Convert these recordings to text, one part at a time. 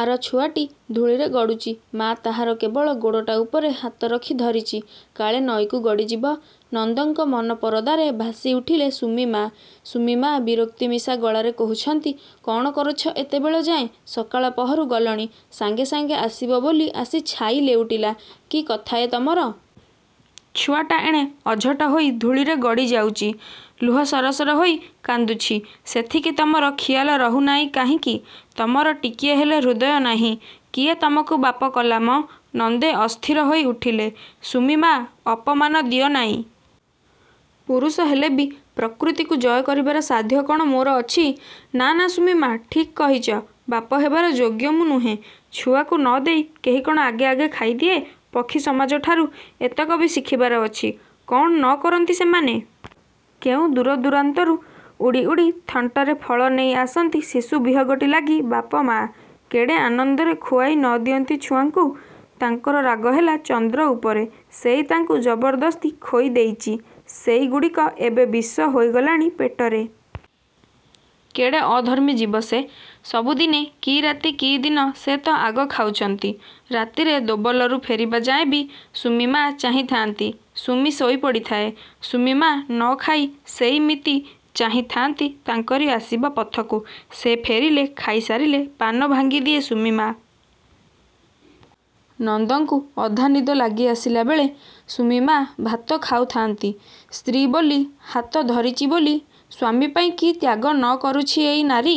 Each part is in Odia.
ଆର ଛୁଆଟି ଧୂଳିରେ ଗଡ଼ୁଚି ମା' ତାହାର କେବଳ ଗୋଡ଼ଟା ଉପରେ ହାତ ରଖି ଧରିଚି। କାଳେ, ନଈକୁ ଗଡ଼ିଯିବ? ନନ୍ଦଙ୍କ ମନ ପରଦାରେ ଭାସି ଉଠିଲେ ସୁମି-ମା'। ସୁମି-ମା' ବିରକ୍ତିମିଶା ଗଳାରେ କହୁଛନ୍ତି–କ'ଣ କରୁଛ ଏତେବେଳଯାଏଁ। ସକାଳପହରୁ ଗଲଣି; ସାଙ୍ଗେ ସାଙ୍ଗେ ଆସିବ ବୋଲି ଆସି ଛାଇ ଲେଉଟିଲା, କି କଥା ଏ ତମର? ଛୁଆଟା ଏଣେ ଅଝଟ ହୋଇ ଧୂଳିରେ ଗଡ଼ି ଯାଉଚି, ଲୁହ ସରସର ହୋଇ କାନ୍ଦୁଛି ସେଥିକି ତମର ଖିଆଲ ରହୁନାଇଁ କାହିଁକି? ତମର ଟିକିଏ ହେଲେ ହୃଦୟ ନାହିଁ। କିଏ ତମକୁ ବାପ କଲାମଁ? '' ନନ୍ଦେ ଅସ୍ଥିର ହୋଇ ଉଠିଲେ–ସୁମି-ମା, ଅପମାନ ଦିଅ ନାଇଁ। ପୁରୁଷ ହେଲେ ବି ପ୍ରକୃତିକୁ ଜୟ କରିବାର ସାଧ୍ୟ କ'ଣ ମୋର ଅଛି? ନା–ନା, ସୁମି-ମା ଠିକ୍ କହିଚ–ବାପ ହେବାର ଯୋଗ୍ୟ ମୁଁ ନୁହେଁ। ଛୁଆକୁ ନ ଦେଇ କେହି କ'ଣ ଆଗେ ଆଗେ ଖାଇଦିଏ। ପକ୍ଷୀ ସମାଜଠାରୁ ଏତକ ବି ଶିଖିବାର ଅଛି। କ'ଣ ନ କରନ୍ତି ସେମାନେ? କେଉଁ ଦୂରଦୂରାନ୍ତରୁ ଉଡ଼ି ଉଡ଼ି ଥଣ୍ଟରେ ଫଳ ନେଇ ଆସନ୍ତି ଶିଶୁ ବିହଗଟି ଲାଗି–ବାପ, ମା କେଡ଼େ ଆନନ୍ଦରେ ଖୁଆଇ ନ ଦିଅନ୍ତି ଛୁଆଙ୍କୁ-? ତାଙ୍କର ରାଗ ହେଲା ଚନ୍ଦ୍ର ଉପରେ। ସେଇ ତାଙ୍କୁ ଜବରଦସ୍ତି ଖୋଇ ଦେଇଚି। ସେଇଗୁଡ଼ିକ ଏବେ ବିଷ ହୋଇଗଲାଣି ପେଟରେ। କେଡ଼େ ଅଧର୍ମୀ ଜୀବ ସେ? ସବୁଦିନେ କି ରାତି କି ଦିନ ସେ ତ ଆଗ ଖାଉଛନ୍ତି। ରାତିରେ ଦୋବଲରୁ ଫେରିବା ଯାଏଁ ବି ସୁମି ମା ଚାହିଁଥାନ୍ତି-। ସୁମି ଶୋଇ ପଡ଼ିଥାଏ। ସୁମି-ମା ନ ଖାଇ ସେଇମିତି ଚାହିଁଥାନ୍ତି ତାଙ୍କରି ଆସିବା ପଥକୁ। ସେ ଫେରିଲେ, ଖାଇସାରିଲେ ପାନ ଭାଙ୍ଗିଦିଏ ସୁମି-ମା। ନନ୍ଦଙ୍କୁ ଅଧା ନିଦ ଲାଗି ଆସିଲାବେଳେ ସୁମି-ମା ଭାତ ଖାଉଥାନ୍ତି। ସ୍ତ୍ରୀ ବୋଲି, ହାତ ଧରିଚି ବୋଲି ସ୍ୱାମୀପାଇଁ କି ତ୍ୟାଗ ନ କରୁଛି ଏଇ ନାରୀ।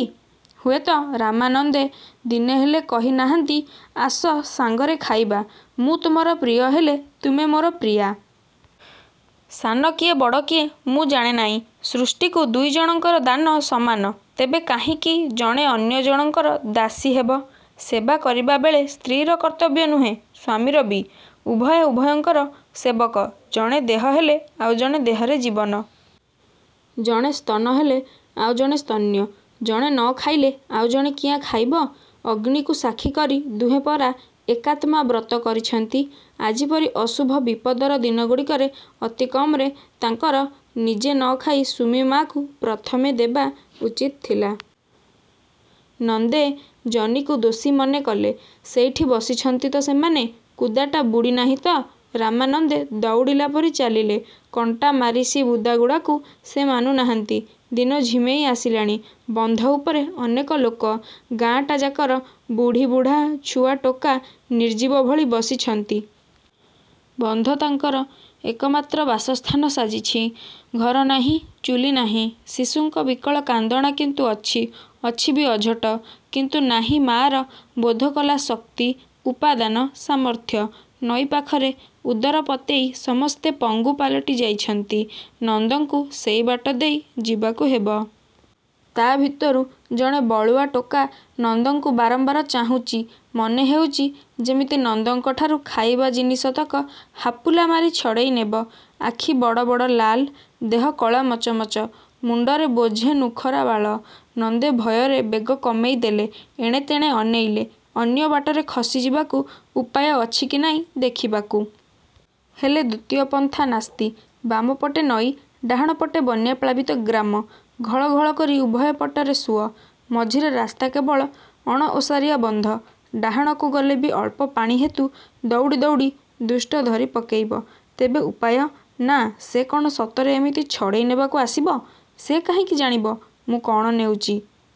ହୁଏତ ରାମାନନ୍ଦେ ଦିନେ ହେଲେ କହି ନାହାନ୍ତି–ଆସ ସାଙ୍ଗରେ ଖାଇବା। ମୁଁ ତୁମର ପ୍ରିୟ ହେଲେ, ତୁମେ ମୋର ପ୍ରିୟା। ସାନ କିଏ ବଡ଼ କିଏ ମୁଁ ଜାଣେ ନାଇଁ। ସୃଷ୍ଟିକୁ ଦୁଇଜଣଙ୍କର ଦାନ ସମାନ। ତେବେ, କାହିଁକି ଜଣେ ଅନ୍ୟ ଜଣଙ୍କର ଦାସୀ ହେବ? ସେବା କରିବା ବେଳେ ସ୍ତ୍ରୀର କର୍ତ୍ତବ୍ୟ ନୁହେଁ, ସ୍ୱାମୀର ବି। ଉଭୟେ ଉଭୟଙ୍କର ସେବକ। ଜଣେ ଦେହ ହେଲେ ଆଉ ଜଣେ ଦେହରେ ଜୀବନ। ଜଣେ ସ୍ତନ ହେଲେ ଆଉ ଜଣେ ସ୍ତନ୍ୟ। ଜଣେ ନ ଖାଇଲେ ଆଉ ଜଣେ କିଆଁ ଖାଇବ? ଅଗ୍ନିକୁ ସାକ୍ଷୀକରି ଦୁହେଁ ପରା ଏକାତ୍ମାବ୍ରତ କରିଛନ୍ତି। ଆଜିପରି ଅଶୁଭ, ବିପଦର ଦିନଗୁଡ଼ିକରେ ଅତିକମରେ ତାଙ୍କର ନିଜେ ନ ଖାଇ ସୁମି-ମାକୁ ପ୍ରଥମେ ଦେବା ଉଚିତ ଥିଲା। ନନ୍ଦେ ଜନିକୁ ଦୋଷୀ ମନେ କଲେ। ସେଇଠି ବସିଛନ୍ତି ତ ସେମାନେ? କୁଦାଟା ବୁଡ଼ି ନାହିଁ ତ? ରାମାନନ୍ଦେ ଦଉଡ଼ିଲାପରି ଚାଲିଲେ। କଣ୍ଟାମାରିସି ବୁଦାଗୁଡ଼ାକୁ ସେ ମାନୁ ନାହାନ୍ତି। ଦିନ ଝିମେଇ ଆସିଲାଣି। ବନ୍ଧ ଉପରେ ଅନେକ ଲୋକ। ଗାଁଟା ଯାକର ବୁଢ଼ୀ–ବୁଢ଼ା–ଛୁଆ ଟୋକା ନିର୍ଜୀବ ଭଳି ବସିଛନ୍ତି। ବନ୍ଧ ତାଙ୍କର ଏକମାତ୍ର ବାସସ୍ଥାନ ସାଜିଛି। ଘର ନାହିଁ, ଚୁଲି ନାହିଁ। ଶିଶୁଙ୍କ ବିକଳ କାନ୍ଦଣା କିନ୍ତୁ ଅଛି, ଅଛି ବି ଅଝଟ। କିନ୍ତୁ ନାହିଁ ମା'ର ବୋଧକଲା ଶକ୍ତି, ଉପାଦାନ, ସାମର୍ଥ୍ୟ। ନଈ ପାଖରେ ଉଦର ପତେଇ ସମସ୍ତେ ପଙ୍ଗୁ ପାଲଟି ଯାଇଛନ୍ତି। ନନ୍ଦଙ୍କୁ ସେଇବାଟ ଦେଇ ଯିବାକୁ ହେବ। ତା'ଭିତରୁ ଜଣେ ବଳୁଆ ଟୋକା ନନ୍ଦଙ୍କୁ ବାରମ୍ବାର ଚାହୁଁଚି। ମନେ ହେଉଛି–ଯେମିତି ନନ୍ଦଙ୍କଠାରୁ ଖାଇବା ଜିନିଷତକ ହାପୁଲା ମାରି ଛଡ଼େଇ ନେବ। ଆଖି ବଡ଼, ବଡ଼–ଲାଲ, ଦେହ କଳାମଚମଚ। ମୁଣ୍ଡରେ ବୋଝେ ନୁଖରା ବାଳ। ନନ୍ଦେ ଭୟରେ ବେଗ କମେଇ ଦେଲେ, ଏଣେତେଣେ ଅନେଇଲେ–ଅନ୍ୟବାଟରେ ଖସି ଯିବାକୁ ଉପାୟ ଅଛି କି ନାହିଁ ଦେଖିବାକୁ। ହେଲେ, ଦ୍ୱିତୀୟ ପନ୍ଥା ନାସ୍ତି। ବାମପଟେ ନଈ, ଡାହାଣପଟେ ବନ୍ୟାପ୍ଳାବିତ ଗ୍ରାମ। ଘଳ-ଘଳ କରି ଉଭୟ ପଟରେ ସୁଅ। ମଝିରେ ରାସ୍ତା କେବଳ ଅଣଓସାରିଆ ବନ୍ଧ। ଡାହାଣକୁ ଗଲେ ବି ଅଳ୍ପ ପାଣି ହେତୁ ଦଉଡ଼ି ଦଉଡ଼ି ଦୁଷ୍ଟ ଧରି ପକେଇବ। ତେବେ ଉପାୟ? ନା, ସେ କ'ଣ ସତରେ ଏମିତି ଛଡ଼େଇ ନେବାକୁ ଆସିବ? ସେ କାହିଁକି ଜାଣିବ ମୁଁ କଣ ନେଉଚି।